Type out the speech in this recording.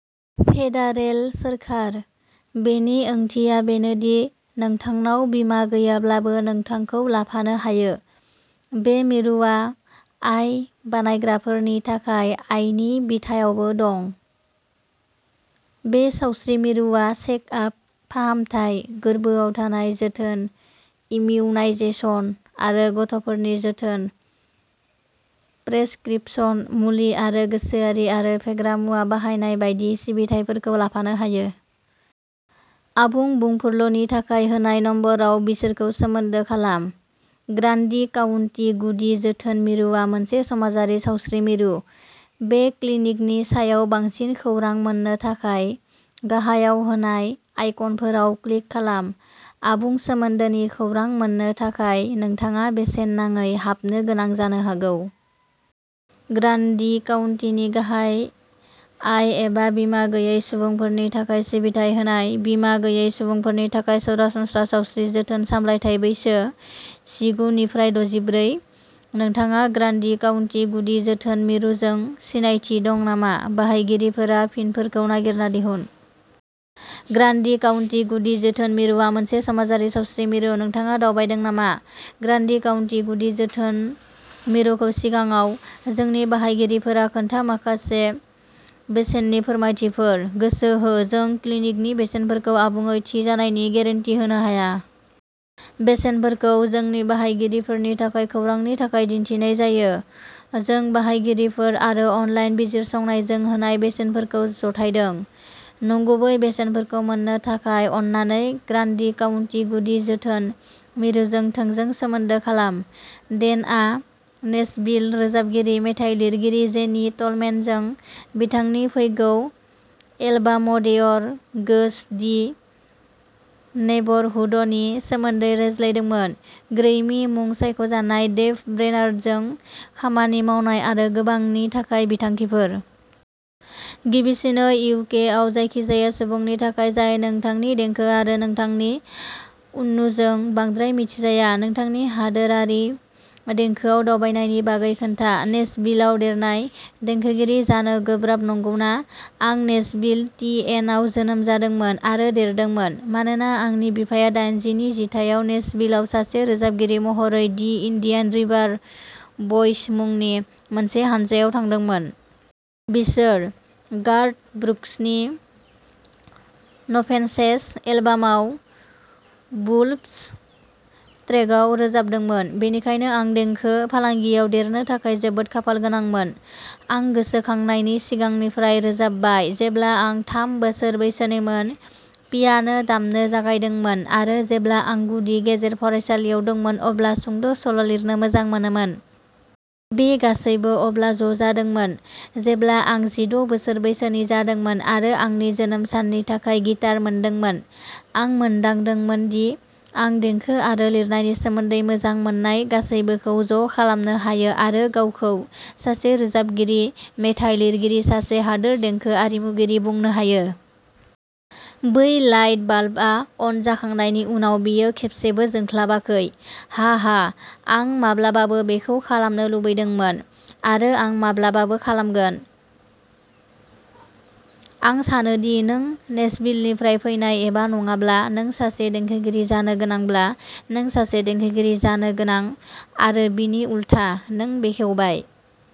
Federal सोरखार। बेनि ओंथिया बेनोदि नोंथांनाव बीमा गैयाब्लाबो नोंथांखौ लाफानो हायो। बे मिरुआ आय बानायग्राफोरनि थाखाय आयनि बिथायावबो दं। बे सावस्रि मिरुआ चेकआप, फाहामथाय, गोर्बोआव थानाय जोथोन, इमिउनायजेसन आरो गथ'फोरनि जोथोन, प्रेसक्रिपशन मुलि आरो गोसोआरि आरो फेग्रा मुवा बाहायनाय बायदि सिबिथाइफोरखौ लाफानो हायो। आबुं बुंफुरलुनि थाखाय होनाय नम्बराव बिसोरखौ सोमोन्दो खालाम। ग्रान्डि काउन्टि गुदि जोथोन मिरुआ मोनसे समाजारि सावस्रि मिरु। बे क्लिनिकनि सायाव बांसिन खौरां मोन्नो थाखाय, गाहायाव होनाय आइकनफोराव क्लिक खालाम। आबुं सोमोन्दोनि खौरां मोननो थाखाय नोंथाङा बेसेन नाङै हाबनो गोनां जानो हागौ। ग्रान्डि काउन्टिनि गाहाय आय एबा बिमा गैयै सुबुंफोरनि थाखाय सिबिथाय होनाय। बिमा गैयै सुबुंफोरनि थाखाय सरासनस्रा सावस्रि जोथोन सामलायथाय बैसो जिगु निफ्राय द'जिब्रै। नोंथाङा ग्रान्डि काउन्टि गुदि जोथोन मिरुजों सिनायथि दं नामा? बाहायगिरिफोरा फिनफोरखौ नागिरना दिहुन। ग्रान्डि काउन्टि गुदि जोथोन मिरुआ मोनसे समाजारि सावस्रि मिरु। नोंथाङा दावबायदों नामा? ग्रान्डी काउन्टी गुदि जोथोन मिरुखौ सिगाङाव? जोंनि बाहायगिरिफोरा खोन्था, माखासे बेसेननि फोरमायथिफोर! गोसो हो जों क्लिनिकनि बेसेनफोरखौ आबुङै थि जानायनि गेरेन्टि होनो हाया। बेसेनफोरखौ जोंनि बाहायगिरिफोरनि थाखाय खौरांनि थाखाय दिन्थिनाय जायो। जों बाहायगिरिफोर आरो अनलाइन बिजिरसंनायजों होनाय बेसेनफोरखौ जथायदों। नंगुबै बेसेनफोरखौ मोन्नो थाखाय अन्नानै ग्रान्डी काउन्टी गुदि जोथोन मिरुजों थोंजों सोमोन्दो खालाम। डेनआ नेशविल रोजाबगिरि-मेथाइ लिरगिरि जेनी टलमेनजों बिथांनि फैगौ एलबाम'देयर गोज दि नेब'रहुड'नि सोमोन्दै रायज्लायदोंमोन, ग्रैमी-मुं सायख'जानाय डेभ ब्रेनार्डजों खामानि मावनाय, आरो गोबांनि थाखाय बिथांखिफोर! गिबिसिनै, इउ. के. आव जायखिजाया सुबुंनि थाखाय जाय नोंथांनि देंखो आरो नोंथांनि उननुजों बांद्राय मिथिजाया, नोंथांनि हादोरारि देंखोआव दावबायनायनि बागै खोन्था... नेशविलाव देरनाय, देंखोगिरि जानो गोब्राब नंगौना? आं नेशविल, टि. एन. आव जोनोम जादोंमोन आरो देरदोंमोन, मानोना आंनि बिफाया दायेनजिनि जिथायाव नेशविलआव सासे रोजाबगिरि महरै दि इन्डियान रिभार ब'य्स मुंनि मोनसे हानजायाव थांदोंमोन। बिसोर। गार्थ ब्रुक्सनि "न'फेन्सेस" एलबामाव "वुल्व्स" ट्रेकआव रोजाबदोंमोन। बेनिखायनो, आं देंखो फालांगियाव देरनो थाखाय जोबोद खाफालगोनांमोन। आं गोसोखांनायनि सिगांनिफ्राय रोजाबबाय, जेब्ला आं थाम बोसोर बैसोनिमोन, पियानो दामनो जागायदोंमोन, आरो जेब्ला आं गुदि गेजेर फरायसालियाव दंमोन अब्ला सुंद'सल'लिरनो मोजां मोनोमोन। बे गासैबो अब्ला ज'जादोंमोन जेब्ला आं जिद' बोसोर बैसोनि जादोंमोन आरो आंनि जोनोम साननि थाखाय गिटार मोनदोंमोन। आं मोनदांदोंमोन दि आं देंखो आरो लिरनायनि सोमोन्दै मोजां मोननाय गासैबोखौ ज'खालामनो हायो आरो गावखौ सासे रोजाबगिरि मेथाइ लिरगिरि-सासे हादोर देंखो आरिमुगिरि बुंनो हायो। बै लाइट बाल्बआ अन जाखांनायनि उनाव, बेयो खेबसेबो जोंख्लाबाखै, हाहा। आं माब्लाबाबो बेखौ खालामनो लुबैदोंमोन, आरो आं माब्लाबाबो खालामगोन। आं सानो दि नों नेशविलनिफ्राय फैनाय एबा नङाब्ला, नों सासे देंखोगिरि जानो गोनांब्ला, नों सासे देंखोगिरि जानो गोनां, आरो बिनि उलथा। नों बेखेवबाय।